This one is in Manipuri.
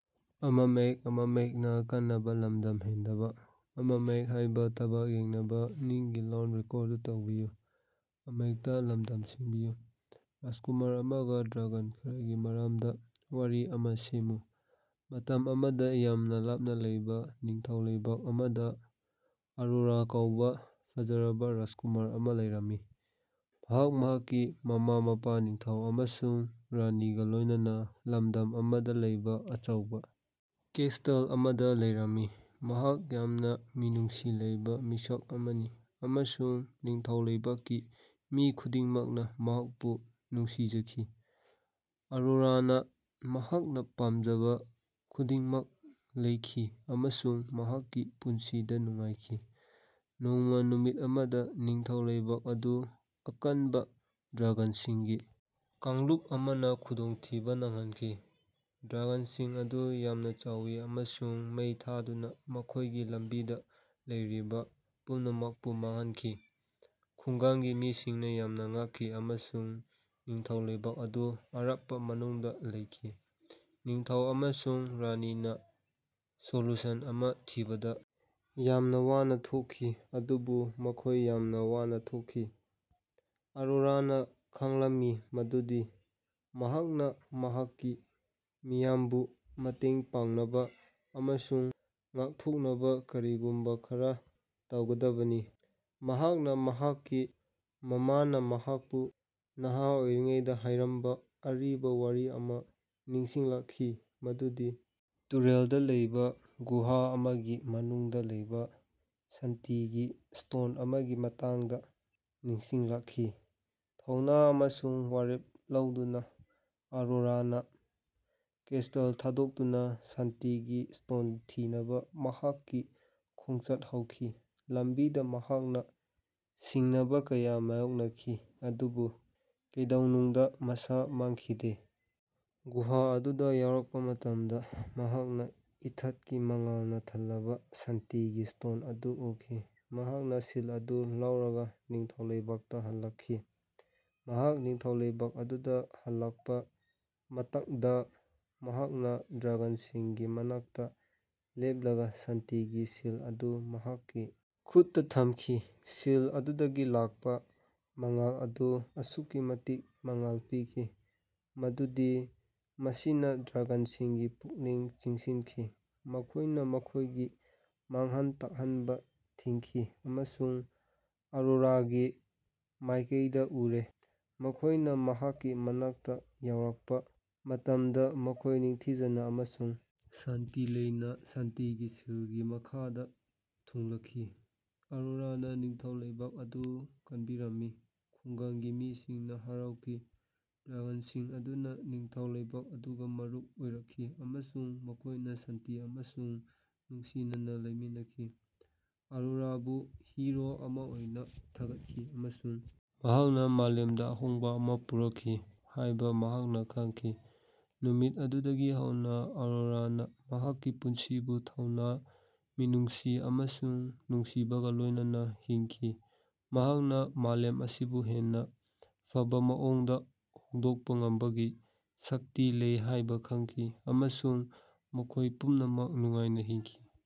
ꯔꯥꯖꯀꯨꯃꯥꯔ ꯑꯃꯒꯥ ꯗ꯭ꯔꯥꯒꯟ ꯈꯔꯒꯤ ꯃꯔꯝꯗꯥ ꯋꯥꯔꯤ ꯑꯃꯥ ꯁꯦꯝꯃꯨ꯫ ꯃꯇꯝ ꯑꯃꯗꯥ ꯌꯥꯝꯅꯥ ꯂꯥꯞꯅꯥ ꯂꯩꯕꯥ ꯅꯤꯡꯊꯧ ꯂꯩꯕꯥꯛ ꯑꯃꯗꯥ ꯑꯔꯣꯔꯥ ꯀꯧꯕꯥ ꯐꯖꯔꯕꯥ ꯔꯥꯖꯀꯨꯃꯥꯔ ꯑꯃꯥ ꯂꯩꯔꯝꯃꯤ꯫ ꯃꯍꯥꯛ ꯃꯍꯥꯛꯀꯤ ꯃꯃꯥ-ꯃꯄꯥ ꯅꯤꯡꯊꯧ ꯑꯃꯁꯨꯡ ꯔꯥꯅꯤꯒꯥ ꯂꯣꯏꯅꯅꯥ ꯂꯝꯗꯝ ꯑꯃꯗꯥ ꯂꯩꯕꯥ ꯑꯆꯧꯕꯥ ꯀꯦꯁꯇꯜ ꯑꯃꯗꯥ ꯂꯩꯔꯝꯃꯤ꯫ ꯃꯍꯥꯛ ꯌꯥꯝꯅꯥ ꯃꯤꯅꯨꯡꯁꯤ ꯂꯩꯕꯥ ꯃꯤꯁꯛ ꯑꯃꯅꯤ ꯑꯃꯁꯨꯡ ꯅꯤꯡꯊꯧ ꯂꯩꯕꯥꯛꯀꯤ ꯃꯤ ꯈꯨꯗꯤꯡꯃꯛꯅꯥ ꯃꯍꯥꯛꯄꯨ ꯅꯨꯡꯁꯤꯖꯈꯤ꯫ ꯑꯔꯣꯔꯥꯅꯥ ꯃꯍꯥꯛꯅꯥ ꯄꯥꯝꯖꯕꯥ ꯈꯨꯗꯤꯡꯃꯛ ꯂꯩꯈꯤ ꯑꯃꯁꯨꯡ ꯃꯍꯥꯛꯀꯤ ꯄꯨꯟꯁꯤꯗꯥ ꯅꯨꯡꯉꯥꯏꯈꯤ, ꯅꯣꯡꯃꯥ ꯅꯨꯃꯤꯠ ꯑꯃꯗꯥ ꯅꯤꯡꯊꯧ ꯂꯩꯕꯥꯛ ꯑꯗꯨ ꯑꯀꯟꯕꯥ ꯗ꯭ꯔꯥꯒꯟꯁꯤꯡꯒꯤ ꯀꯥꯡꯂꯨꯞ ꯑꯃꯅꯥ ꯈꯨꯗꯣꯡꯊꯤꯕꯥ ꯅꯪꯍꯟꯈꯤ꯫ ꯗ꯭ꯔꯥꯒꯟꯁꯤꯡ ꯑꯗꯨ ꯌꯥꯝꯅꯥ ꯆꯥꯎꯏ ꯑꯃꯁꯨꯡ ꯃꯩ ꯊꯥꯗꯨꯅꯥ ꯃꯈꯣꯏꯒꯤ ꯂꯝꯕꯤꯗꯥ ꯂꯩꯔꯤꯕꯥ ꯄꯨꯝꯅꯃꯛꯄꯨ ꯃꯥꯡꯍꯟꯈꯤ꯫ ꯈꯨꯡꯒꯪꯒꯤ ꯃꯤꯁꯤꯡꯅꯥ ꯌꯥꯝꯅꯥ ꯉꯛꯈꯤ ꯑꯃꯁꯨꯡ ꯅꯤꯡꯊꯧ ꯂꯩꯕꯥꯛ ꯑꯗꯨ ꯑꯔꯥꯞꯄꯥ ꯃꯅꯨꯡꯗꯥ ꯂꯩꯈꯤ꯫ ꯅꯤꯡꯊꯧ ꯑꯃꯁꯨꯡ ꯔꯥꯅꯤꯅꯥ ꯁꯣꯂꯨꯁꯟ ꯑꯃꯥ ꯊꯤꯕꯗꯥ ꯌꯥꯝꯅꯥ ꯋꯥꯅꯥ ꯊꯣꯛꯈꯤ ꯑꯗꯨꯕꯨ ꯃꯈꯣꯏ ꯌꯥꯝꯅꯥ ꯋꯥꯅꯥ ꯊꯣꯛꯈꯤ꯫ ꯑꯔꯣꯔꯥꯅꯥ ꯈꯪꯂꯝꯏ ꯃꯗꯨꯗꯤ ꯃꯍꯥꯛꯅꯥ ꯃꯍꯥꯛꯀꯤ ꯃꯤꯌꯥꯝꯕꯨ ꯃꯇꯦꯡ ꯄꯥꯡꯅꯕꯥ ꯑꯃꯁꯨꯡ ꯉꯥꯛꯊꯣꯛꯅꯕꯥ ꯀꯔꯤꯒꯨꯝꯕꯥ ꯈꯔꯥ ꯇꯧꯒꯗꯕꯅꯤ꯫ ꯃꯍꯥꯛꯅꯥ ꯃꯍꯥꯛꯀꯤ ꯃꯃꯥꯅꯥ ꯃꯍꯥꯛꯄꯨ ꯅꯍꯥ ꯑꯣꯏꯔꯤꯉꯩꯗꯥ ꯍꯥꯏꯔꯝꯕꯥ ꯑꯔꯤꯕꯥ ꯋꯥꯔꯤ ꯑꯃꯥ ꯅꯤꯡꯁꯤꯡꯂꯛꯈꯤ, ꯃꯗꯨꯗꯤ ꯇꯨꯔꯦꯜꯗꯥ ꯂꯩꯕꯥ ꯒꯨꯍꯥ ꯑꯃꯒꯤ ꯃꯅꯨꯡꯗꯥ ꯂꯩꯕꯥ ꯁꯥꯟꯇꯤꯒꯤ ꯁ꯭ꯇꯣꯟ ꯑꯃꯒꯤ ꯃꯇꯥꯡꯗꯥ ꯅꯤꯡꯁꯤꯡꯂꯛꯈꯤ꯫ ꯊꯧꯅꯥ ꯑꯃꯁꯨꯡ ꯋꯥꯔꯦꯞ ꯂꯧꯗꯨꯅꯥ ꯑꯔꯣꯔꯥꯅꯥ ꯀꯦꯁꯇꯜ ꯊꯥꯗꯣꯛꯇꯨꯅꯥ ꯁꯥꯟꯇꯤꯒꯤ ꯁ꯭ꯇꯣꯟ ꯊꯤꯅꯕꯥ ꯃꯍꯥꯛꯀꯤ ꯈꯣꯡꯆꯠ ꯍꯧꯈꯤ꯫ ꯂꯝꯕꯤꯗꯥ ꯃꯍꯥꯛꯅꯥ ꯁꯤꯡꯅꯕꯥ ꯀꯌꯥ ꯃꯥꯌꯣꯛꯅꯈꯤ ꯑꯗꯨꯕꯨ ꯀꯩꯗꯧꯅꯨꯡꯗꯥ ꯑꯥꯁꯥ ꯃꯥꯡꯈꯤꯗꯦ꯫ ꯒꯨꯍꯥ ꯑꯗꯨꯗꯥ ꯌꯧꯔꯛꯄꯥ ꯃꯇꯝꯗꯥ ꯃꯍꯥꯛꯅꯥ ꯏꯊꯠꯀꯤ ꯃꯉꯥꯜꯅꯥ ꯊꯜꯂꯕꯥ ꯁꯥꯟꯇꯤꯒꯤ ꯁ꯭ꯇꯣꯟ ꯑꯗꯨ ꯎꯈꯤ꯫ ꯃꯍꯥꯛꯅꯥ ꯁꯤꯜ ꯑꯗꯨ ꯂꯧꯔꯒꯥ ꯅꯤꯡꯊꯧ ꯂꯩꯕꯥꯛꯇꯥ ꯍꯜꯂꯛꯈꯤ꯫ ꯃꯍꯥꯛ ꯅꯤꯡꯊꯧ ꯂꯩꯕꯥꯛ ꯑꯗꯨꯗꯥ ꯍꯜꯂꯛꯄꯥ ꯃꯇꯛꯗꯥ ꯃꯍꯥꯛꯅꯥ ꯗ꯭ꯔꯥꯒꯟꯁꯤꯡꯒꯤ ꯃꯅꯥꯛꯇꯥ ꯂꯦꯞꯂꯒꯥ ꯁꯥꯟꯇꯤꯒꯤ ꯁꯤꯜ ꯑꯗꯨ ꯃꯍꯥꯛꯀꯤ ꯈꯨꯠꯇꯥ ꯊꯝꯈꯤ꯫ ꯁꯤꯜ ꯑꯗꯨꯗꯒꯤ ꯂꯥꯛꯄꯥ ꯃꯉꯥꯜ ꯑꯗꯨ ꯑꯁꯨꯛꯀꯤ ꯃꯇꯤꯛ ꯃꯉꯥꯜ ꯄꯤꯈꯤ ꯃꯗꯨꯗꯤ ꯃꯁꯤꯅꯥ ꯗ꯭ꯔꯥꯒꯟꯁꯤꯡꯒꯤ ꯄꯨꯛꯅꯤꯡ ꯆꯤꯡꯁꯤꯟꯈꯤ꯫ ꯃꯈꯣꯏꯅꯥ ꯃꯈꯣꯏꯒꯤ ꯃꯥꯡꯍꯟ ꯇꯥꯛꯍꯟꯕꯥ ꯊꯤꯡꯈꯤ ꯑꯃꯁꯨꯡ ꯑꯔꯣꯔꯥꯒꯤ ꯃꯥꯏꯀꯩꯗꯥ ꯎꯔꯦ꯫ ꯃꯈꯣꯏꯅꯥ ꯃꯍꯥꯛꯀꯤ ꯃꯅꯥꯛꯇꯥ ꯌꯧꯔꯛꯄꯥ ꯃꯇꯃꯗꯥ ꯃꯈꯣꯏ ꯅꯤꯡꯊꯤꯖꯅꯥ ꯑꯃꯁꯨꯡ ꯁꯥꯟꯇꯤ ꯂꯩꯅꯥ ꯁꯥꯟꯇꯤꯒꯤ ꯁꯤꯜꯒꯤ ꯃꯈꯥꯗꯥ ꯊꯨꯡꯂꯈꯤ꯫ ꯑꯔꯣꯔꯥꯅꯥ ꯅꯤꯡꯊꯧ ꯂꯩꯕꯥꯛ ꯑꯗꯨ ꯀꯟꯕꯤꯔꯝꯃꯤ, ꯈꯨꯡꯒꯪꯒꯤ ꯃꯤꯁꯤꯡꯅꯥ ꯍꯔꯥꯎꯈꯤ꯫ ꯗ꯭ꯔꯥꯒꯟꯁꯤꯡ ꯑꯗꯨꯅꯥ ꯅꯤꯡꯊꯧ ꯂꯩꯕꯥꯛ ꯑꯗꯨꯒꯥ ꯃꯔꯨꯞ ꯑꯣꯏꯔꯛꯈꯤ ꯑꯃꯁꯨꯡ ꯃꯈꯣꯏꯅꯥ ꯁꯥꯟꯇꯤ ꯑꯃꯁꯨꯡ ꯅꯨꯡꯁꯤꯅꯅꯥ ꯂꯩꯃꯤꯟꯅꯈꯤ꯫ ꯑꯔꯣꯔꯥꯕꯨ ꯍꯤꯔꯣ ꯑꯃꯥ ꯑꯣꯏꯅꯥ ꯊꯥꯒꯠꯈꯤ ꯑꯃꯁꯨꯡ ꯃꯍꯥꯛꯅꯥ ꯃꯥꯂꯦꯝꯗꯥ ꯑꯍꯣꯡꯕꯥ ꯑꯃꯥ ꯄꯨꯔꯛꯈꯤ ꯍꯥꯏꯕꯥ ꯃꯍꯥꯛꯅꯥ ꯈꯪꯈꯤ꯫ ꯅꯨꯃꯤꯠ ꯑꯗꯨꯗꯒꯤ ꯍꯧꯅꯥ ꯑꯔꯣꯔꯥꯅꯥ ꯃꯍꯥꯛꯀꯤ ꯄꯨꯟꯁꯤꯕꯨ ꯊꯧꯅꯥ, ꯃꯤꯅꯨꯡꯁꯤ ꯑꯃꯁꯨꯡ ꯅꯨꯡꯁꯤꯕꯒꯥ ꯂꯣꯏꯅꯅꯥ ꯍꯤꯡꯈꯤ, ꯃꯍꯥꯛꯅꯥ ꯃꯥꯂꯦꯝ ꯑꯁꯤꯕꯨ ꯍꯦꯟꯅꯥ ꯐꯕꯥ ꯃꯑꯣꯡꯗꯥ ꯍꯣꯡꯗꯣꯛꯄꯥ ꯉꯝꯕꯒꯤ ꯁꯛꯇꯤ ꯂꯩ ꯍꯥꯏꯕꯥ ꯈꯪꯈꯤ ꯑꯃꯁꯨꯡ ꯃꯈꯣꯏ ꯄꯨꯝꯅꯃꯛ ꯅꯨꯡꯉꯥꯏꯅꯥ ꯍꯤꯡꯈꯤ꯫